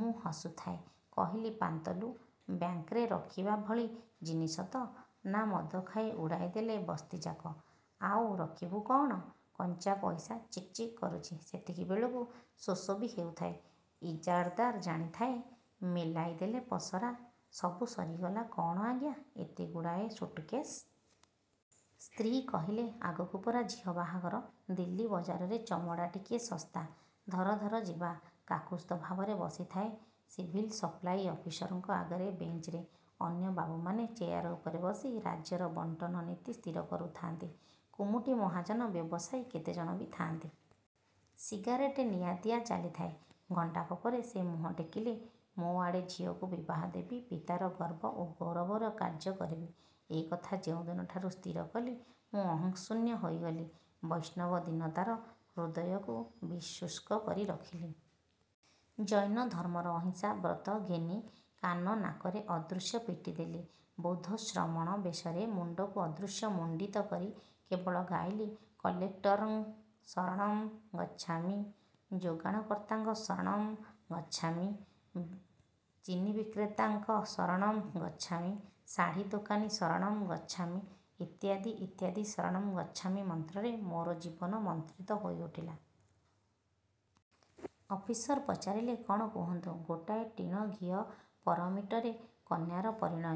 ମୁଁ ହସୁଥାଏ… କହିଲି–ପାନ୍ତଲୁ, ବ୍ୟାଙ୍କ୍ରେ ରଖିବା ଭଳି ଜିନିଷ ତ? ନା ମଦଖାଇ ଉଡ଼ାଇଦେଲ ବସ୍ତିଯାକ? -ଆଉ ରଖିବୁ କଅଣ? କଞ୍ଚା ପଇସା, ଚିକ୍ ଚିକ୍ କରୁଛି… ସେତିକିବେଳକୁ ଶୋଷ ବି ହେଉଥାଏ… ଇଜାର୍ଦାର ଜାଣିଥାଏ… ମେଲାଇଦେଲେ ପସରା… ସବୁ ସରିଗଲା କଅଣ ଆଜ୍ଞା, ଏତେଗୁଡ଼ାଏ ସୁଟକେଶ୍? ସ୍ତ୍ରୀ କହିଲେ–ଆଗକୁ ପରା ଝିଅ ବାହାଘର–ଦିଲ୍ଲୀ ବଜାରରେ ଚମଡ଼ା ଟିକିଏ ଶସ୍ତା… ଧର ଧର ଯିବା। କାକୁସ୍ଥ ଭାବରେ ବସିଥାଏ ସିଭିଲ୍ ସପ୍ଲାଇ ଅଫିସରଙ୍କ ଆଗରେ… ବେଞ୍ଚରେ। ଅନ୍ୟ ବାବୁମାନେ ଚେୟାର ଉପରେ ବସି ରାଜ୍ୟର ବଣ୍ଟନ ନୀତି ସ୍ଥିର କରୁଥାନ୍ତି। କୁମୁଟି ମହାଜନ ବ୍ୟବସାୟୀ କେତେଜଣ ବି ଥାନ୍ତି। ସିଗାରେଟ୍ ନିଆଦିଆ ଚାଲିଥାଏ। ଘଣ୍ଟାକ ପରେ ସେ ମୁହଁ ଟେକିଲେ… ମୋ ଆଡ଼େ… ଝିଅକୁ ବିବାହ ଦେବି, ପିତାର ଗର୍ବ ଓ ଗୌରବର କାର୍ଯ୍ୟ କରିବି… ଏ କଥା ଯେଉଁଦିନଠାରୁ ସ୍ଥିରକଲି ମୁଁ ଅହଂଶୂନ୍ୟ ହୋଇଗଲି। ବୈଷ୍ଣବ ଦୀନତାର ହୃଦୟକୁ ବି ଶୁଷ୍କ କରି ରଖିଲି। ଜୈନ ଧର୍ମର ଅହିଂସା ବ୍ରତ ଘେନି କାନ ନାକରେ ଅଦୃଶ୍ୟ ପଟି ଦେଲି। ବୌଦ୍ଧ ଶ୍ରମଣ ବେଶରେ ମୁଣ୍ଡକୁ ଅଦୃଶ୍ୟ ମୁଣ୍ଡିତ କରି କେବଳ ଗାଇଲି କଲେକଟରଂ ଶରଣଂ ଗଚ୍ଛାମି ଯୋଗାଣକର୍ତ୍ତାଙ୍କ ଶରଣଂ ଗଚ୍ଛାମି ଚିନିବିକ୍ରେତାଙ୍କ ଶରଣଂ ଗଚ୍ଛାମି ଶାଢ଼ି ଦୋକାନୀ ଶରଣଂ ଗଚ୍ଛାମି ଇତ୍ୟାଦି ଇତ୍ୟାଦି ଶରଣଂ ଗଚ୍ଛାମି ମନ୍ତ୍ରରେ ମୋର ଜୀବନ ମନ୍ତ୍ରୀତ ହୋଇଉଠିଲା। ଅଫିସର ପଚାରିଲେ–କଣ କୁହନ୍ତୁ? ଗୋଟାଏ ଟିଣ ଘିଅ ପରମିଟରେ, କନ୍ୟାର ପରିଣୟ।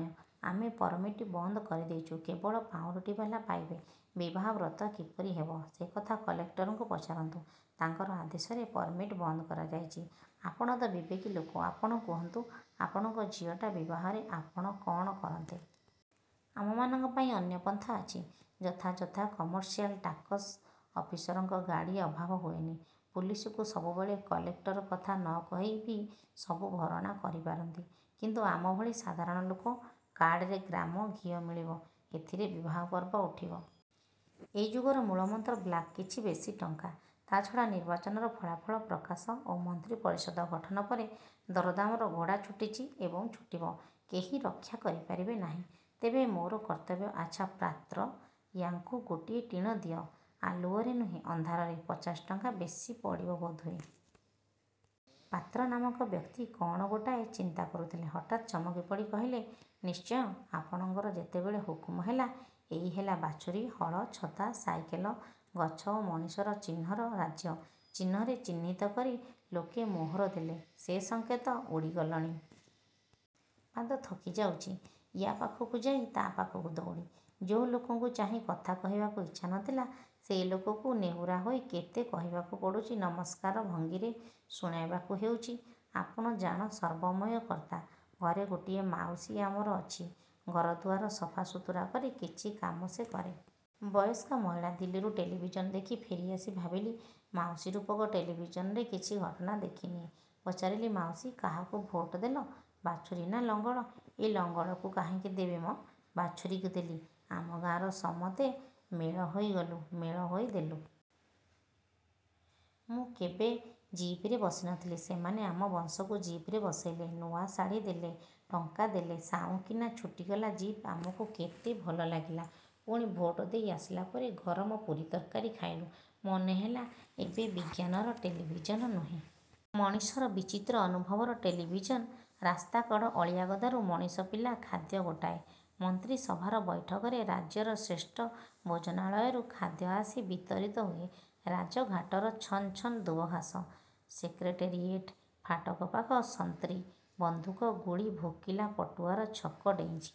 -ଆମେ ପରମିଟ୍ ବନ୍ଦ କରିଦେଇଛୁ, କେବଳ ପାଉଁରୁଟିବାଲା ପାଇବେ। -ବିବାହ ବ୍ରତ କପରି ହେବ? -ସେ କଥା କଲେକ୍ଟରଙ୍କୁ ପଚାରନ୍ତୁ। ତାଙ୍କର ଆଦେଶରେ ପରମିଟ୍ ବନ୍ଦ କରଯାଇଛି। -ଆପଣ ତ ବିବେକୀ ଲୋକ, ଆପଣ କୁହନ୍ତୁ, ଆପଣଙ୍କ ଝିଅଟା ବିବାହରେ ଆପଣ କଅଣ କରନ୍ତେ? -ଆମମାନଙ୍କ ପାଇଁ ଅନ୍ୟ ପନ୍ଥା ଅଛି। -ଯଥା -ଯଥା କମର୍ସିଆଲ୍ ଟାକସ ଅଫିସରଙ୍କ ଗାଡ଼ି ଅଭାବ ହୁଏନି, ପୁଲିସକୁ ସବୁ ମିଳେ-କଲେକ୍ଟର କଥା ନ କହି ବି ସବୁ ଭରଣା କରପାରନ୍ତି– -କିନ୍ତୁ ଆମଭଳି ସାଧାରଣ ଲୋକ? -କାର୍ଡ଼ ରେ ଗ୍ରାମ ଘିଅ ମିଳିବ। -ଏଥିରେ ବିବାହ ପର୍ବ ଉଠିବ? -ଏ ଯୁଗର ମୂଳମନ୍ତ୍ର 'ବ୍ଲାକ୍'-କିଛି ବେଶି ଟଙ୍କା। ତା'ଛଡ଼ା ନିର୍ବାଚନର ଫଳାଫଳ ପ୍ରକାଶ ଓ ମନ୍ତ୍ରୀ ପରିଷଦ ଗଠନ ପରେ ଦରଦାମର ଘୋଡ଼ାଛୁଟିଛି ଏବଂ ଛୁଟିବ। କେହି ରକ୍ଷା କରିପାରିବେନାହିଁ। -ତେବେ ମୋର କର୍ତ୍ତବ୍ୟ? -ଆଚ୍ଛା, ପାତ୍ର! ୟାଙ୍କୁ ଗୋଟିଏ ଟିଣ ଦିଅ! ଆଲୁଅରେ ନୁହେଁ ଅନ୍ଧାରରେ… ପଚାଶ ଟଙ୍କା ବେଶି ପଡ଼ିବ ବୋଧହୁଏ? 'ପାତ୍ର' ନାମକ ବ୍ୟକ୍ତି କଅଣ ଗୋଟାଏ ଚିନ୍ତା କରୁଥିଲେ। ହଠାତ୍ ଚମକିପଡ଼ି କହିଲେ–ନିଶ୍ଚୟ… ଆପଣଙ୍କର ଯେତେବେଳେ ହୁକୁମ ହେଲା… ଏଇ ହେଲା ବାଛୁରୀ, ହଳ, ଛତା, ସାଇକେଲ, ଗଛ ଓ ମଣିଷଙ୍କ ଚିହ୍ନର ରାଜ୍ୟ। ଚିହ୍ନରେ ଚହ୍ନିତ କରି ଲୋକେ ମୋହର ଦେଲେ। ସେ ସଙ୍କେତ ଉଡ଼ିଗଲଣି। ପାଦ ଥକିଯାଉଛି, ୟା ପାଖକୁ ଯାଇ, ତା ପାଖକୁ ଦଉଡ଼ି। ଯେଉଁ ଲୋକଙ୍କୁ ଚାହିଁ କଥା କହିବାକୁ ଇଚ୍ଛା ନ ଥିଲା, ସେ ଲୋକକୁ ନେହୁରାହୋଇ କେତେ କହିବାକୁ ପଡ଼ୁଛି-ନମସ୍କାର ଭଙ୍ଗୀରେ ଶୁଣାଇବାକୁ ହେଉଛି… 'ଆପଣ ଜାଣ ସର୍ବମୟ କର୍ତ୍ତା। ' ଘରେ ଗୋଟିଏ 'ମାଉସୀ' ଅମର ଅଛି, ଘର ଦୁଆର ସଫା ସୁତୁରା କରି କିଛି କାମ ସେ କରେ। ବୟସ୍କା ମହିଳା। ଦିଲ୍ଲୀରୁ ଟେଲିଭିଜନ୍ ଦେଖି ଫେରିଆସି ଭାବିଲି ମାଉସୀରୂପକ ଟେଲିଭିଜନରେ କିଛି ଘଟଣା ଦେଖିନିଏ। ପଚାରିଲି–ମାଉସି! କାହାକୁ ଭୋଟଦେଲ? ବାଛୁରୀ ନା ଲଙ୍ଗଳ? -ଏ, ଲଙ୍ଗଳକୁ କାହିଁକି ଦେବି ମ? ବାଛୁରୀକୁ ଦେଲି। ଆମ ଗାଁର ସମତେ… ମେଳହୋଇ ଗଲୁ, ମେଳ ହୋଇ ଦେଲୁ। ମୁଁ କେବେ ଜିପରେ ବସିନଥିଲି, ସେମାନେ ଆମ ବଂଶକୁ ଜିପରେ ବସେଇଲେ, ନୂଆ ଶାଢ଼ି ଦେଲେ, ଟଙ୍କା ଦେଲେ… ସାଉଁକିନା ଛୁଟିଗଲା ଜିପ୍ ଆମକୁ କେତେ ଭଲଲାଗିଲା। ପୁଣି ଭୋଟ ଦେଇ ଆସିଲା ପରେ ଗରମ ପୁରି ତରକାରି ଖାଇଲୁ। ମନେହେଲା, ଏବେ ବିଜ୍ଞାନର ଟେଲିଭିଜନ୍ ନୁହେଁ... ମଣିଷର ବିଚିତ୍ର ଅନୁଭବର ଟେଲିଭିଜନ୍... ରାସ୍ତାକଡ଼ ଅଳିଆଗଦାରୁ ମଣିଷ ପିଲା ଖାଦ୍ୟ ଗୋଟାଏ... ମନ୍ତ୍ରୀ ସଭାର ବୈଠକରେ ରାଜ୍ୟର ଶ୍ରେଷ୍ଠ ଭୋଜନାଳୟରୁ ଖାଦ୍ୟ ଆସି ବିତରିତ ହୁଏ। ରାଜଘାଟର ଛନ୍ ଛନ୍ ଦୂବଘାସ। ସେକ୍ରେଟେରୀୟେଟ୍ ଫାଟକପାଖ ସନ୍ତ୍ରୀ... ବନ୍ଧୁକ… ଗୁଳି... ଭୋକିଲା ପଟୁଆର ଛକ ଡେଇଁଛି।